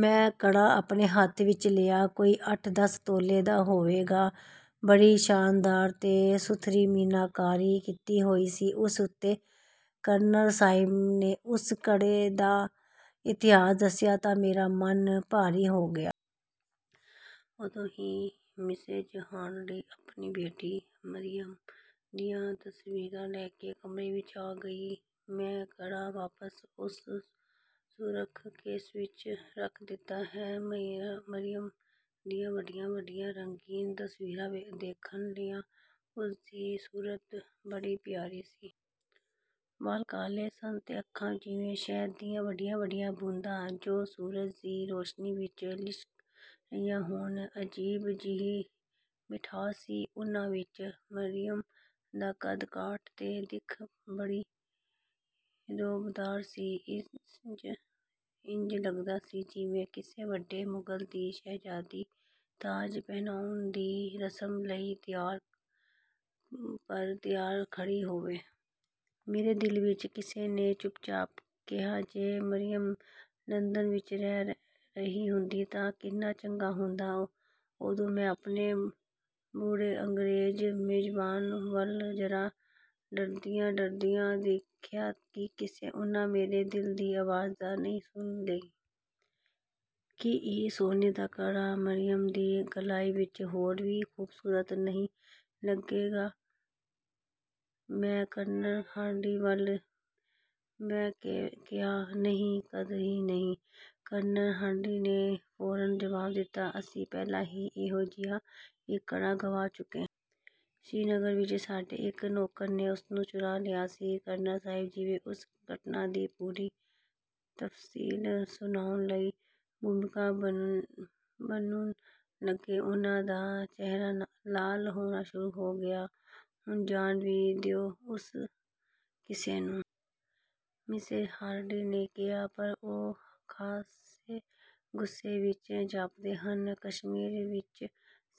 ਮੈਂ ਕੜਾ ਆਪਣੇ ਹੱਥ ਵਿੱਚ ਲਿਆ। ਕੋਈ ਅੱਠ-ਦਸ ਤੋਲੇ ਦਾ ਹੋਏਗਾ। ਬੜੀ ਸ਼ਾਨਦਾਰ ਤੇ ਸੁਥਰੀ ਮੀਨਾਕਾਰੀ ਕੀਤੀ ਹੋਈ ਸੀ ਉਸ ਉੱਤੇ। ਕਰਨਲ ਸਾਹਿਬ ਨੇ ਉਸ ਕੜੇ ਦਾ ਇਤਿਹਾਸ ਦੱਸਿਆ ਤਾਂ ਮੇਰਾ ਮਨ ਭਾਰੀ ਹੋ ਗਿਆ। ਉਦੋਂ ਹੀ ਮਿਸੇਜ਼ ਹਾਰਡੀ ਆਪਣੀ ਬੇਟੀ ਮਰੀਅਮ ਦੀਆਂ ਤਸਵੀਰਾਂ ਲੈ ਕੇ ਕਮਰੇ ਵਿੱਚ ਆ ਗਈ। ਮੈਂ ਕੜਾ ਵਾਪਸ ਉਸ ਸੁਰਖ਼ ਕੇਸ ਵਿੱਚ ਰੱਖ ਦਿੱਤਾ ਤੇ ਮਰੀਅਮ ਦੀਆਂ ਵੱਡੀਆਂ-ਵੱਡੀਆਂ ਰੰਗੀਨ ਤਸਵੀਰਾਂ ਦੇਖਣ ਲੱਗਿਆ। ਉਸ ਦੀ ਸੂਰਤ ਬੜੀ ਪਿਆਰੀ ਸੀ। ਵਾਲ ਕਾਲੇ ਸਨ ਤੇ ਅੱਖਾਂ ਜਿਵੇਂ ਸ਼ਹਿਦ ਦੀਆਂ ਵੱਡੀਆਂ-ਵੱਡੀਆਂ ਬੂੰਦਾਂ, ਜੋ ਸੂਰਜ ਦੀ ਰੌਸ਼ਨੀ ਵਿੱਚ ਲਿਸ਼ਕ ਰਹੀਆਂ ਹੋਣ—ਅਜੀਬ ਜਿਹੀ ਮਿਠਾਸ ਸੀ ਉਹਨਾਂ ਵਿੱਚ। ਮਰੀਅਮ ਦਾ ਕੱਦ-ਕਾਠ ਤੇ ਦਿੱਖ ਬੜੀ ਰੌਬਦਾਰ ਸੀ। ਇੰਜ ਲੱਗਦਾ ਸੀ ਜਿਵੇਂ ਕਿਸੇ ਵੱਡੇ ਮੁਲਕ ਦੀ ਸ਼ਹਿਜ਼ਾਦੀ ਤਾਜ ਪਹਿਨਾਉਣ ਦੀ ਰਸਮ ਲਈ ਤਿਆਰ-ਬਰ-ਤਿਆਰ ਖੜ੍ਹੀ ਹੋਵੇ। ਮੇਰੇ ਦਿਲ ਵਿੱਚ ਕਿਸੇ ਨੇ ਚੁੱਪਚਾਪ ਕਿਹਾ, "ਜੇ ਮਰੀਅਮ ਲੰਦਨ ਵਿੱਚ ਰਹਿ ਰਹੀ ਹੁੰਦੀ ਤਾਂ ਕਿੰਨਾ ਚੰਗਾ ਹੁੰਦਾ।" ਉਦੋਂ ਮੈਂ ਆਪਣੇ ਬੁੱਢੇ ਅੰਗਰੇਜ਼ ਮੇਜ਼ਬਾਨ ਵੱਲ ਜ਼ਰਾ ਡਰਦਿਆਂ-ਡਰਦਿਆਂ ਦੇਖਿਆ ਕਿ ਕਿਤੇ ਉਹਨਾਂ ਮੇਰੇ ਦਿਲ ਦੀ ਆਵਾਜ਼ ਤਾਂ ਨਹੀਂ ਸੁਣ ਲਈ! "ਕੀ ਇਹ ਸੋਨੇ ਦਾ ਕੜਾ ਮਰੀਅਮ ਦੀ ਕਲਾਈ ਵਿੱਚ ਹੋਰ ਵੀ ਖੂਬਸੂਰਤ ਨਹੀਂ ਲੱਗੇਗਾ?" ਮੈਂ ਕਰਨਲ ਹਾਰਡੀ ਵੱਲ ਭੌਂ ਕੇ ਕਿਹਾ। "ਨਹੀਂ, ਕਤਈ ਨਹੀਂ!" ਕਰਨਲ ਹਾਰਡੀ ਨੇ ਫੌਰਨ ਜਵਾਬ ਦਿੱਤਾ, "ਅਸੀਂ ਪਹਿਲਾਂ ਹੀ ਇਹੋ-ਜਿਹਾ ਇੱਕ ਕੜਾ ਗਵਾ ਚੁੱਕੇ ਹਾਂ। ਸ੍ਰੀਨਗਰ ਵਿੱਚ ਸਾਡੇ ਇੱਕ ਨੌਕਰ ਨੇ ਉਸਨੂੰ ਚੁਰਾ ਲਿਆ ਸੀ।" ਕਰਨਲ ਸਾਹਿਬ ਜਿਵੇਂ ਉਸ ਘਟਨਾ ਦੀ ਪੂਰੀ ਤਫ਼ਸੀਲ ਸੁਣਾਉਣ ਲਈ ਭੂਮਿਕਾ ਬੰਨ੍ਹਣ ਲੱਗੇ। ਉਹਨਾਂ ਦਾ ਚਿਹਰਾ ਲਾਲ ਹੋਣਾ ਸ਼ੁਰੂ ਹੋ ਗਿਆ। "ਹੁਣ ਜਾਣ ਵੀ ਦਿਓ ਉਸ ਕਿੱਸੇ ਨੂੰ।" ਮਿਸੇਜ਼ ਹਾਰਡੀ ਨੇ ਕਿਹਾ, ਪਰ ਉਹ ਖਾਸੇ ਗੁੱਸੇ ਵਿੱਚ ਜਾਪਦੇ ਸਨ। "ਕਸ਼ਮੀਰ ਵਿੱਚ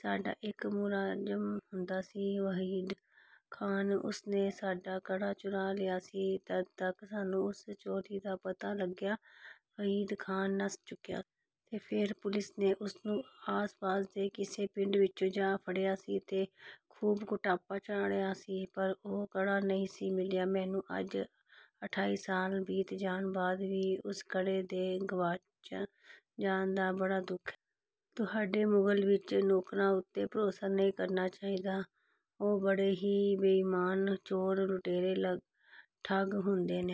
ਸਾਡਾ ਇੱਕ ਮੁਲਾਜ਼ਮ ਹੁੰਦਾ ਸੀ... ਵਹੀਦ ਖ਼ਾਨ। ਉਸਨੇ ਸਾਡਾ ਕੜਾ ਚੁਰਾ ਲਿਆ ਸੀ। ਜਦ ਤਕ ਸਾਨੂੰ ਉਸ ਚੋਰੀ ਦਾ ਪਤਾ ਲੱਗਿਆ, ਵਹੀਦ ਖ਼ਾਨ ਨੱਸ ਚੁੱਕਿਆ ਸੀ... ਤੇ ਫੇਰ ਪੁਲਿਸ ਨੇ ਉਸਨੂੰ ਆਸ-ਪਾਸ ਦੇ ਕਿਸੇ ਪਿੰਡ ਵਿੱਚੋਂ ਜਾ ਫੜਿਆ ਸੀ ਤੇ ਖ਼ੂਬ ਕੁਟਾਪਾ ਚਾੜ੍ਹਿਆ ਸੀ—ਪਰ ਉਹ ਕੜਾ ਨਹੀਂ ਸੀ ਮਿਲਿਆ। ਮੈਨੂੰ ਅੱਜ ਅਠਾਈ ਸਾਲ ਬੀਤ ਜਾਣ ਬਾਅਦ ਵੀ ਉਸ ਕੜੇ ਦੇ ਗਵਾਚ ਜਾਣ ਦਾ ਬੜਾ ਦੁੱਖ ਹੈ। ਤੁਹਾਡੇ ਮੁਲਕ ਵਿੱਚ ਨੌਕਰਾਂ ਉੱਤੇ ਭਰੋਸਾ ਨਹੀਂ ਕਰਨਾ ਚਾਹੀਦਾ। ਉਹ ਬੜੇ ਹੀ ਬੇਈਮਾਨ, ਚੋਰ, ਲੁਟੇਰੇ, ਠੱਗ... ਹੁੰਦੇ ਨੇ।"